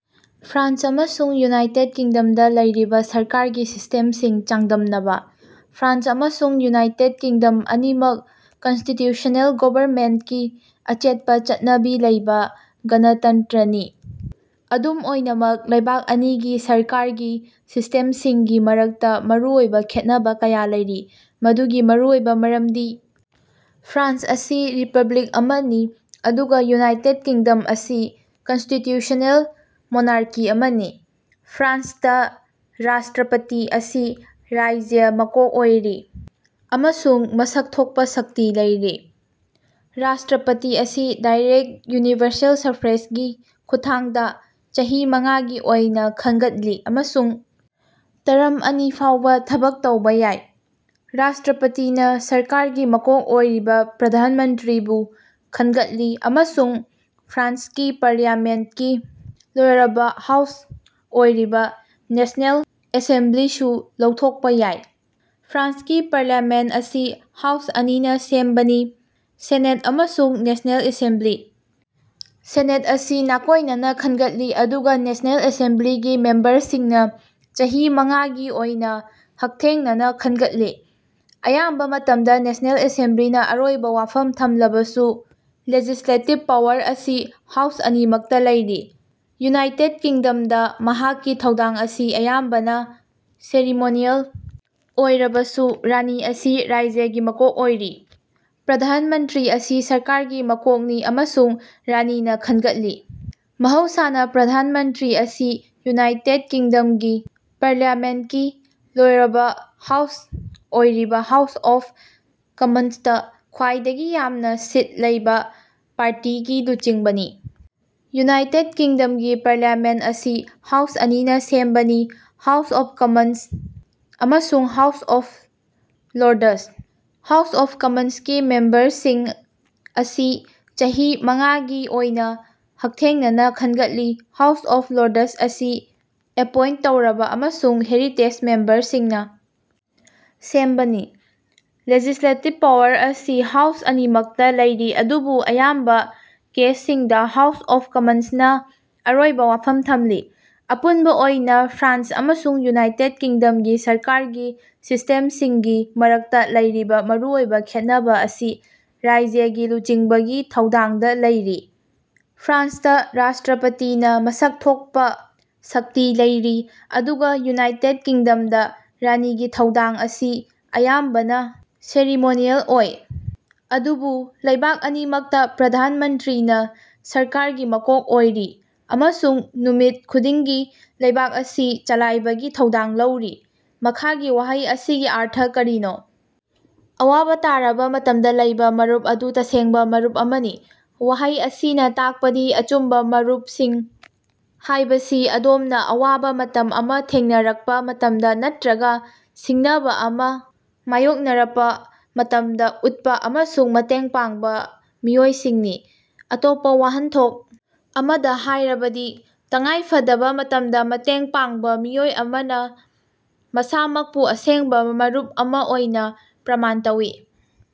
France ꯑꯃꯁꯨꯡ United ꯀꯤꯡꯗꯝꯗ ꯂꯩꯔꯤꯕ ꯁꯔꯀꯥꯔꯒꯤ ꯁꯤꯁꯇꯦꯝꯁꯤꯡ ꯆꯥꯡꯗꯝꯅꯕ- ꯐ꯭ꯔꯥꯟꯁ ꯑꯃꯁꯨꯡ ꯌꯨꯅꯥꯏꯇꯦꯗ ꯀꯤꯡꯗꯝ ꯑꯅꯤꯃꯛ ꯀꯟꯁꯇꯤꯇ꯭ꯌꯨꯁ꯭ꯅꯦꯜ ꯒꯣꯚꯔꯟꯃꯦꯟꯇꯀꯤ ꯑꯆꯦꯠꯄ ꯆꯠꯅꯕꯤ ꯂꯩꯕ ꯒꯅꯇꯟꯇ꯭ꯔꯅꯤ꯫ ꯑꯗꯨꯝ ꯑꯣꯏꯅꯃꯛ ꯂꯩꯕꯥꯛ ꯑꯅꯤꯒꯤ ꯁꯔꯀꯥꯔꯒꯤ ꯁꯤꯁ꯭ꯇꯦꯝꯁꯤꯡꯒꯤ ꯃꯔꯛꯇ ꯃꯔꯨꯑꯣꯏꯕ ꯈꯦꯠꯅꯕ ꯀꯌꯥ ꯂꯩꯔꯤ꯫ ꯃꯗꯨꯒꯤ ꯃꯔꯨꯑꯣꯏꯕ ꯃꯔꯝꯗꯤ ꯐ꯭ꯔꯥꯟꯁ ꯑꯁꯤ ꯔꯤꯄꯕ꯭ꯂꯤꯛ ꯑꯃꯅꯤ ꯑꯗꯨꯒ ꯌꯨꯅꯥꯏꯇꯦꯗ ꯀꯤꯡꯗꯝ ꯑꯁꯤ ꯀꯟꯁꯇꯤꯇ꯭ꯌꯨꯁ꯭ꯅꯦꯜ ꯃꯣꯅꯥꯔꯀꯤ ꯑꯃꯅꯤ꯫ ꯐ꯭ꯔꯥꯟꯁꯇ ꯔꯥꯁꯇ꯭ꯔꯄꯇꯤ ꯑꯁꯤ ꯔꯥꯖ꯭ꯌꯥꯒꯤ ꯃꯀꯣꯛ ꯑꯣꯏꯔꯤ ꯑꯃꯁꯨꯡ ꯃꯁꯛ ꯊꯣꯛꯄ ꯁꯛꯇꯤ ꯂꯩꯔꯤ꯫ ꯔꯥꯁꯇ꯭ꯔꯄꯇꯤ ꯑꯁꯤ ꯗꯥꯏꯔꯦꯛꯇ ꯌꯨꯅꯤꯚꯔꯁꯦꯜ ꯁꯐ꯭ꯔꯦꯖꯒꯤ ꯈꯨꯠꯊꯥꯡꯗ ꯆꯍꯤ ꯃꯉꯥꯒꯤ ꯑꯣꯏꯅ ꯈꯟꯒꯠꯂꯤ ꯑꯃꯁꯨꯡ ꯇꯔꯝ ꯑꯅꯤ ꯐꯥꯎꯕ ꯊꯕꯛ ꯇꯧꯕ ꯌꯥꯏ꯫ ꯔꯥꯁꯇ꯭ꯔꯄꯇꯤꯅ ꯁꯔꯀꯥꯔꯒꯤ ꯃꯀꯣꯛ ꯑꯣꯏꯔꯤꯕ ꯄ꯭ꯔꯙꯥꯟ ꯃꯟꯇ꯭ꯔꯤꯕꯨ ꯈꯟꯒꯠꯂꯤ ꯑꯃꯁꯨꯡ ꯐ꯭ꯔꯥꯟꯁꯀꯤ ꯄꯥꯔꯂꯤꯌꯥꯃꯦꯟꯇꯀꯤ ꯂꯣꯌꯔꯕ ꯍꯥꯎꯁ ꯑꯣꯏꯔꯤꯕ ꯅꯦꯁ꯭ꯅꯦꯜ ꯑꯦꯁꯦꯝꯕ꯭ꯂꯤꯁꯨ ꯂꯧꯊꯣꯛꯄ ꯌꯥꯏ꯫ ꯐ꯭ꯔꯥꯟꯁꯀꯤ ꯄꯥꯔꯂꯤꯌꯥꯃꯦꯟꯇ ꯑꯁꯤ ꯍꯥꯎꯁ ꯑꯅꯤꯅ ꯁꯦꯝꯕꯅꯤ: ꯁꯦꯅꯦꯠ ꯑꯃꯁꯨꯡ ꯅꯦꯁ꯭ꯅꯦꯜ ꯑꯦꯁꯦꯝꯕ꯭ꯂꯤ꯫ ꯁꯦꯅꯦꯠ ꯑꯁꯤ ꯅꯥꯀꯣꯏꯅꯅ ꯈꯟꯒꯠꯂꯤ ꯑꯗꯨꯒ ꯅꯦꯁ꯭ꯅꯦꯜ ꯑꯦꯁꯦꯝꯕ꯭ꯂꯤꯒꯤ ꯃꯦꯝꯕꯔꯁꯤꯡꯅ ꯆꯍꯤ ꯃꯉꯥꯒꯤ ꯑꯣꯏꯅ ꯍꯛꯊꯦꯡꯅꯅ ꯈꯟꯒꯠꯂꯤ꯫ ꯑꯌꯥꯝꯕ ꯃꯇꯝꯗ ꯅꯦꯁ꯭ꯅꯦꯜ ꯑꯦꯁꯦꯝꯕ꯭ꯂꯤꯅ ꯑꯔꯣꯏꯕ ꯋꯥꯐꯝ ꯊꯝꯂꯕꯁꯨ ꯂꯦꯖꯤꯁ꯭ꯂꯦꯇꯤꯚ ꯄꯥꯋꯔ ꯑꯁꯤ ꯍꯥꯎꯁ ꯑꯅꯤꯃꯛꯇ ꯂꯩꯔꯤ꯫ ꯌꯨꯅꯥꯏꯇꯦꯗ ꯀꯤꯡꯗꯝꯗ ꯃꯍꯥꯛꯀꯤ ꯊꯧꯗꯥꯡ ꯑꯁꯤ ꯑꯌꯥꯝꯕꯅ ꯁꯦꯔꯤꯃꯣꯅꯤꯑꯦꯜ ꯑꯣꯏꯔꯕꯁꯨ ꯔꯥꯅꯤ ꯑꯁꯤ ꯔꯥꯖ꯭ꯌꯥꯒꯤ ꯃꯀꯣꯛ ꯑꯣꯏꯔꯤ꯫ ꯄ꯭ꯔꯙꯥꯟ ꯃꯟꯇ꯭ꯔꯤ ꯑꯁꯤ ꯁꯔꯀꯥꯔꯒꯤ ꯃꯀꯣꯛꯅꯤ ꯑꯃꯁꯨꯡ ꯔꯥꯅꯤꯅ ꯈꯟꯒꯠꯂꯤ꯫ ꯃꯍꯧꯁꯥꯅ ꯄ꯭ꯔꯙꯥꯟ ꯃꯟꯇ꯭ꯔꯤ ꯑꯁꯤ ꯌꯨꯅꯥꯏꯇꯦꯗ ꯀꯤꯡꯗꯝꯒꯤ ꯄꯥꯔꯂꯤꯌꯥꯃꯦꯟꯇꯀꯤ ꯂꯣꯌꯔꯕ ꯍꯥꯎꯁ ꯑꯣꯏꯔꯤꯕ ꯍꯥꯎꯁ ꯑꯣꯐ ꯀꯝꯃꯟꯁꯇ ꯈ꯭ꯋꯥꯏꯗꯒꯤ ꯌꯥꯝꯅ ꯁꯤꯠ ꯂꯩꯕ ꯄꯥꯔꯇꯤꯒꯤ ꯂꯨꯆꯤꯡꯕꯅꯤ꯫ ꯌꯨꯅꯥꯏꯇꯦꯗ ꯀꯤꯡꯗꯝꯒꯤ ꯄꯥꯔꯂꯤꯌꯥꯃꯦꯟꯇ ꯑꯁꯤ ꯍꯥꯎꯁ ꯑꯅꯤꯅ ꯁꯦꯝꯕꯅꯤ: ꯍꯥꯎꯁ ꯑꯣꯐ ꯀꯝꯃꯟꯁ ꯑꯃꯁꯨꯡ House of Lords. House of ꯀꯝꯃꯟꯁꯀꯤ ꯃꯦꯝꯕꯔꯁꯤꯡ ꯑꯁꯤ ꯆꯍꯤ ꯃꯉꯥꯒꯤ ꯑꯣꯏꯅ ꯍꯛꯊꯦꯡꯅꯅ ꯈꯟꯒꯠꯂꯤ꯫ ꯍꯥꯎꯁ ꯑꯣꯐ ꯂꯣꯔꯗꯁ ꯑꯁꯤ ꯑꯦꯄꯣꯏꯟꯇ ꯇꯧꯔꯕ ꯑꯃꯁꯨꯡ ꯍꯦꯔꯤꯇꯦꯖ ꯃꯦꯝꯕꯔꯁꯤꯡꯅ ꯁꯦꯝꯕꯅꯤ꯫ ꯂꯦꯖꯤꯁ꯭ꯂꯦꯇꯤꯚ ꯄꯥꯋꯔ ꯑꯁꯤ ꯍꯥꯎꯁ ꯑꯅꯤꯃꯛꯇ ꯂꯩꯔꯤ ꯑꯗꯨꯕꯨ ꯑꯌꯥꯝꯕ ꯀꯦꯁꯁꯤꯡꯗ ꯍꯥꯎꯁ ꯑꯣꯐ ꯀꯝꯃꯟꯁꯅ ꯑꯔꯣꯏꯕ ꯋꯥꯐꯝ ꯊꯝꯂꯤ꯫ ꯑꯄꯨꯟꯕ ꯑꯣꯏꯅ ꯐ꯭ꯔꯥꯟꯁ ꯑꯃꯁꯨꯡ ꯌꯨꯅꯥꯏꯇꯦꯗ ꯀꯤꯡꯗꯝꯒꯤ ꯁꯔꯀꯥꯔꯒꯤ ꯁꯤꯁ꯭ꯇꯦꯝꯁꯤꯡꯒꯤ ꯃꯔꯛꯇ ꯂꯩꯔꯤꯕ ꯃꯔꯨꯑꯣꯏꯕ ꯈꯦꯠꯅꯕ ꯑꯁꯤ ꯔꯥꯖ꯭ꯌꯥꯒꯤ ꯂꯨꯆꯤꯡꯕꯒꯤ ꯊꯧꯗꯥꯡꯗ ꯂꯩꯔꯤ꯫ ꯐ꯭ꯔꯥꯟꯁꯇ ꯔꯥꯁꯇ꯭ꯔꯄꯇꯤꯅ ꯃꯁꯛ ꯊꯣꯛꯄ ꯁꯛꯇꯤ ꯂꯩꯔꯤ ꯑꯗꯨꯒ ꯌꯨꯅꯥꯏꯇꯦꯗ ꯀꯤꯡꯗꯝꯗ ꯔꯥꯅꯤꯒꯤ ꯊꯧꯗꯥꯡ ꯑꯁꯤ ꯑꯌꯥꯝꯕꯅ ꯁꯦꯔꯤꯃꯣꯅꯤꯑꯦꯜ ꯑꯣꯏ꯫ ꯑꯗꯨꯕꯨ ꯂꯩꯕꯥꯛ ꯑꯅꯤꯃꯛꯇ ꯄ꯭ꯔꯙꯥꯟ ꯃꯟꯇ꯭ꯔꯤꯅ ꯁꯔꯀꯥꯔꯒꯤ ꯃꯀꯣꯛ ꯑꯣꯏꯔꯤ ꯑꯃꯁꯨꯡ ꯅꯨꯃꯤꯠ ꯈꯨꯗꯤꯡꯒꯤ ꯂꯩꯕꯥꯛ ꯑꯁꯤ ꯆꯂꯥꯏꯕꯒꯤ ꯊꯧꯗꯥꯡ ꯂꯧꯔꯤ꯫ ꯃꯈꯥꯒꯤ ꯋꯥꯍꯩ ꯑꯁꯤꯒꯤ ꯑꯔꯊ ꯀꯔꯤꯅꯣ? "ꯑꯋꯥꯕ ꯇꯥꯔꯕ ꯃꯇꯝꯗ ꯂꯩꯕ ꯃꯔꯨꯞ ꯑꯗꯨ ꯇꯁꯦꯡꯕ ꯃꯔꯨꯞ ꯑꯃꯅꯤ"꯫ ꯋꯥꯍꯩ ꯑꯁꯤꯅ ꯇꯥꯛꯄꯗꯤ ꯑꯆꯨꯝꯕ ꯃꯔꯨꯞꯁꯤꯡ ꯍꯥꯏꯕꯁꯤ ꯑꯗꯣꯝꯅ ꯑꯋꯥꯕ ꯃꯇꯝ ꯑꯃ ꯊꯦꯡꯅꯔꯛꯄ ꯃꯇꯝꯗ ꯅꯠꯇ꯭ꯔꯒ ꯁꯤꯡꯅꯕ ꯑꯃ ꯃꯥꯏꯌꯣꯛꯅꯔꯄ ꯃꯇꯝꯗ ꯎꯠꯄ ꯑꯃꯁꯨꯡ ꯃꯇꯦꯡ ꯄꯥꯡꯕ ꯃꯤꯑꯣꯏꯁꯤꯡꯅꯤ꯫ ꯑꯇꯣꯞꯄ ꯋꯥꯍꯟꯊꯣꯛ ꯑꯃꯗ ꯍꯥꯏꯔꯕꯗꯤ, ꯇꯉꯥꯏꯐꯗꯕ ꯃꯇꯝꯗ ꯃꯇꯦꯡ ꯄꯥꯡꯕ ꯃꯤꯑꯣꯏ ꯑꯃꯅ ꯃꯁꯥꯃꯛꯄꯨ ꯑꯁꯦꯡꯕ ꯃꯔꯨꯞ ꯑꯃ ꯑꯣꯏꯅ ꯄ꯭ꯔꯃꯥꯟ ꯇꯧꯏ꯫